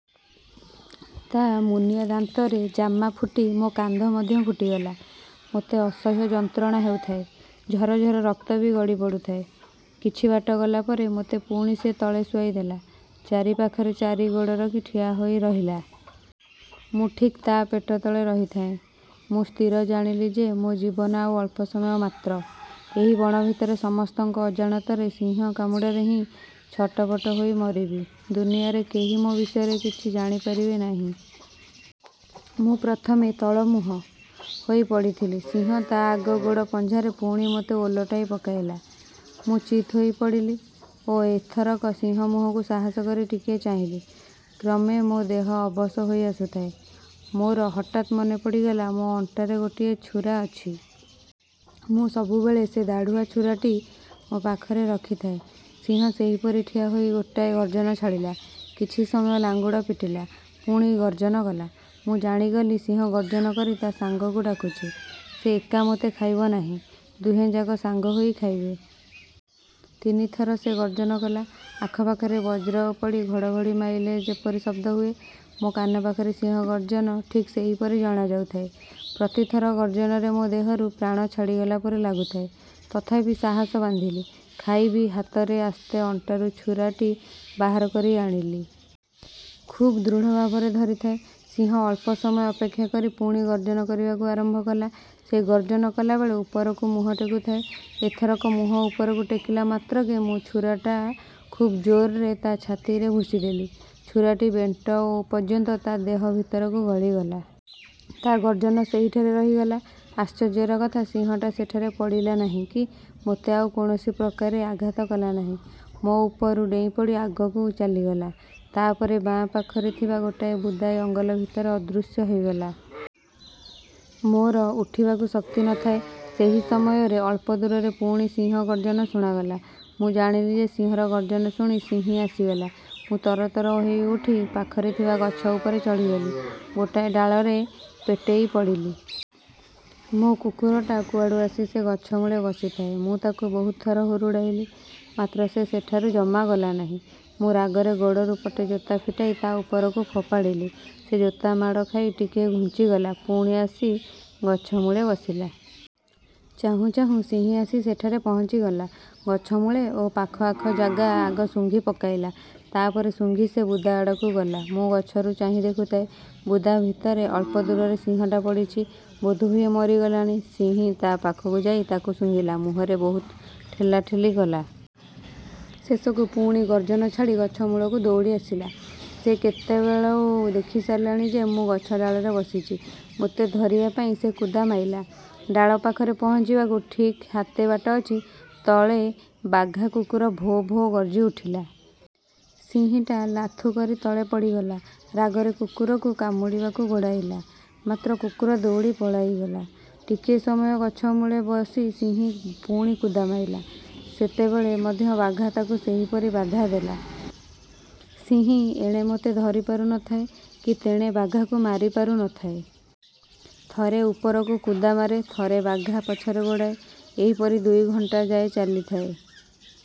ତା' ମୁନିଆଁ ଦାନ୍ତରେ ଜାମା ଫୁଟି ମୋ କାନ୍ଧ ମଧ୍ୟ ଫୁଟିଗଲା। ମୋତେ ଅସହ୍ୟ ଯନ୍ତ୍ରଣା ହେଉଥାଏ; ଝରଝର ରକ୍ତ ବି ଗଡ଼ି ପଡ଼ୁଥାଏ। କିଛି ବାଟ ଗଲା ପରେ ମୋତେ ପୁଣି ସେ ତଳେ ଶୁଆଇ ଦେଲା। ଚାରିପାଖରେ ଚାରି ଗୋଡ଼ ରଖି ଠିଆ ହୋଇ ରହିଲା। ମୁଁ ଠିକ୍ ତା' ପେଟ ତଳେ ରହିଥାଏଁ। ମୁଁ ସ୍ଥିର ଜାଣିଲି ଯେ, ମୋ ଜୀବନ ଆଉ ଅଳ୍ପ ସମୟ ମାତ୍ର। ଏହି ବଣ ଭିତରେ ସମସ୍ତଙ୍କ ଅଜାଣତରେ ସିଂହ କାମୁଡ଼ାରେ ହିଁ ଛଟପଟ ହୋଇ ମରିବି। ଦୁନିଆରେ କେହି ମୋ ବିଷୟରେ କିଛି ଜାଣିପାରିବେ ନାହିଁ। ମୁଁ ପ୍ରଥମେ ତଳମୁହଁ। ହୋଇ ପଡ଼ିଥିଲି ସିଂହ ତା' ଆଗ ଗୋଡ଼ ପଞ୍ଝାରେ ପୁଣି ମୋତେ ଓଲଟାଇ ପକାଇଲା। ମୁଁ ଚିତ୍ ହୋଇ ପଡ଼ିଲି ଓ ଏଥରକ ସିଂହ ମୁହଁକୁ ସାହସ କରି ଟିକିଏ ଚାହିଁଲି-। କ୍ରମେ ମୋ ଦେହ ଅବଶ ହୋଇ ଆସୁଥାଏ। ମୋର ହଠାତ୍ ମନେ ପଡ଼ିଗଲା, ମୋ ଅଣ୍ଟାରେ ଗୋଟାଏ ଛୁରା ଅଛି। ମୁଁ ସବୁବେଳେ ସେ ଦାଢ଼ୁଆ ଛୁରାଟି ମୋ ପାଖରେ ରଖିଥାଏ। ସିଂହ ସେହିପରି ଠିଆ ହୋଇ ଗୋଟାଏ ଗର୍ଜନ ଛାଡ଼ିଲା। କିଛି ସମୟ ଲାଙ୍ଗୁଡ଼ ପିଟିଲା; ପୁଣି ଗର୍ଜନ କଲା। ମୁଁ ଜାଣିଗଲି, ସିଂହ ଗର୍ଜନ କରି ତା' ସାଙ୍ଗକୁ ଡାକୁଛି। ସେ ଏକା ମୋତେ ଖାଇବ ନାହିଁ; ଦୁହେଁଯାକ ସାଙ୍ଗ ହୋଇ ଖାଇବେ। ତିନି ଥର ସେ ଗର୍ଜନ କଲା। ଆଖପାଖରେ ବଜ୍ର ପଡ଼ି ଘଡ଼ଘଡ଼ି ମାଇଲେ ଯେପରି ଶବ୍ଦ ହୁଏ, ମୋ କାନପାଖରେ ସିଂହ ଗର୍ଜନ ଠିକ୍ ସେହିପରି ଜଣାଯାଉଥାଏ। ପ୍ରତିଥର ଗର୍ଜନରେ ମୋ ଦେହରୁ ପ୍ରାଣ ଛାଡ଼ିଗଲା ପରି ଲାଗୁଥାଏ। ତଥାପି ସାହସ ବାନ୍ଧିଲି। ଖାଇବି ହାତରେ ଆସ୍ତେ ଅଣ୍ଟାରୁ ଛୁରାଟି ବାହାର କରି ଆଣିଲି। ଖୁବ ଦୃଢ଼ଭାବରେ ଧରିଥାଏ। ସିଂହ ଅଳ୍ପ ସମୟ ଅପେକ୍ଷା କରି ପୁଣି ଗର୍ଜନ କରିବାକୁ ଆରମ୍ଭ କଲା। ସେ ଗର୍ଜନ କଲାବେଳେ ଉପରକୁ ମୁହଁ ଟେକୁଥାଏ। ଏଥରକ ମୁହଁ ଉପରକୁ ଟେକିଲା ମାତ୍ରକେ ମୁଁ ଛୁରାଟା ଖୁବ୍ ଜୋରରେ ତା' ଛାତିରେ ଭୁଷିଦେଲି। ଛୁରାଟି ବେଣ୍ଟ ପର୍ଯ୍ୟନ୍ତ ତା' ଦେହ ଭିତରକୁ ଗଳିଗଲା। ତା' ଗର୍ଜନ ସେହିଠାରେ ରହିଗଲା। ଆଶ୍ଚର୍ଯ୍ୟର କଥା, ସିଂହଟା ସେଠାରେ ପଡ଼ିଲା ନାହିଁ କି ମୋତେ ଆଉ କୌଣସି ପ୍ରକାରେ ଆଘାତ କଲା ନାହିଁ। ମୋ ଉପରୁ ଡେଇଁପଡ଼ି ଆଗକୁ ଚାଲିଗଲା। ତା'ପରେ ବାଁ ପାଖରେ ଥିବା ଗୋଟାଏ ବୁଦା ଜଙ୍ଗଲ ଭିତରେ ଅଦୃଶ୍ୟ ହୋଇଗଲା। ମୋର ଉଠିବାକୁ ଶକ୍ତି ନ ଥାଏ। ସେହି ସମୟରେ ଅଳ୍ପ ଦୂରରେ ପୁଣି ସିଂହ ଗର୍ଜନ ଶୁଣାଗଲା। ମୁଁ ଜାଣିଲି ଯେ, ସିଂହର ଗର୍ଜନ ଶୁଣି ସିଂହୀ ଆସିଗଲା। ମୁଁ ତରତର ହୋଇ ଉଠି ପାଖରେ ଥିବା ଗଛ ଉପରେ ଚଢ଼ିଗଲି। ଗୋଟାଏ ଡାଳରେ ପେଟେଇ ପଡ଼ିଲି। ମୋ କୁକୁରଟା କୁଆଡ଼ୁ ଆସି ସେ ଗଛମୂଳେ ବସିଥାଏ। ମୁଁ ତାକୁ ବହୁତ ଥର ହୁରୁଡ଼ାଇଲି; ମାତ୍ର ସେ ସେଠାରୁ ଜମା ଗଲା ନାହିଁ। ମୁଁ ରାଗରେ ଗୋଡ଼ରୁ ପଟେ ଜୋତା ଫିଟାଇ ତା' ଉପରକୁ ଫୋପାଡ଼ିଲି। ସେ ଜୋତା ମାଡ଼ ଖାଇ ଟିକିଏ ଘୁଞ୍ଚିଗଲା, ପୁଣି ଆସି ଗଛମୂଳେ ବସିଲା। ଚାହୁଁ ଚାହୁଁ ସିଂହୀ ଆସି ସେଠାରେ ପହଞ୍ଚିଗଲା, ଗଛମୂଳେ ଓ ପାଖଆଖ ଜାଗା ଆଗ ଶୁଙ୍ଘି ପକାଇଲା। ତା'ପରେ ଶୁଙ୍ଘି ସେ ବୁଦାଆଡ଼କୁ ଗଲା। ମୁଁ ଗଛରୁ ଚାହିଁ ଦେଖୁଥାଏଁ, ବୁଦା ଭିତରେ ଅଳ୍ପ ଦୂରରେ ସିଂହଟା ପଡ଼ିଛି-ବୋଧହୁଏ ମରିଗଲାଣି। ସିଂହୀ ତା' ପାଖକୁ ଯାଇ ତାକୁ ଶୁଙ୍ଘିଲା, ମୁହଁରେ ବହୁତ ଠେଲାଠେଲି କଲା। ଶେଷକୁ ପୁଣି ଗର୍ଜନ ଛାଡ଼ି ଗଛ ମୂଳକୁ ଦଉଡ଼ି ଆସିଲା। ସେ କେତେବେଳୁ ଦେଖିସାରିଲାଣି ଯେ, ମୁଁ ଗଛ ଡାଳରେ ବସିଛି। ମୋତେ ଧରିବା ପାଇଁ ସେ କୁଦା ମାଇଲା। ଡାଳ ପାଖରେ ପହଞ୍ଚିବାକୁ ଠିକ୍ ହାତେ ବାଟ ଅଛି, ତଳେ ବାଘା କୁକୁର ଭୋ ଭୋ ଗର୍ଜିଉଠିଲା। ସିଂହୀଟା ଲାଥୁ କରି ତଳେ ପଡ଼ିଗଲା। ରାଗରେ କୁକୁରକୁ କାମୁଡ଼ିବାକୁ ଗୋଡ଼ାଇଲା; ମାତ୍ର କୁକୁର ଦଉଡ଼ି ପଳାଇଗଲା। ଟିକିଏ ସମୟ ଗଛମୂଳେ ବସି ସିଂହୀ ପୁଣି କୁଦା ମାଇଲା। ସେତେବେଳେ ମଧ୍ୟ ବାଘା ତାକୁ ସେହିପରି ବାଧା ଦେଲା। ସିଂହୀ ଏଣେ ମୋତେ ଧରିପାରୁ ନ ଥାଏ, କି ତେଣେ ବାଘାକୁ ମାରିପାରୁ ନ ଥାଏ। ଥରେ ଉପରକୁ କୁଦା ମାରେ, ଥରେ ବାଘା ପଛରେ ଗୋଡ଼ାଏ-ଏହିପରି ଦୁଇ ଘଣ୍ଟାଯାଏ ଚାଲିଥାଏ।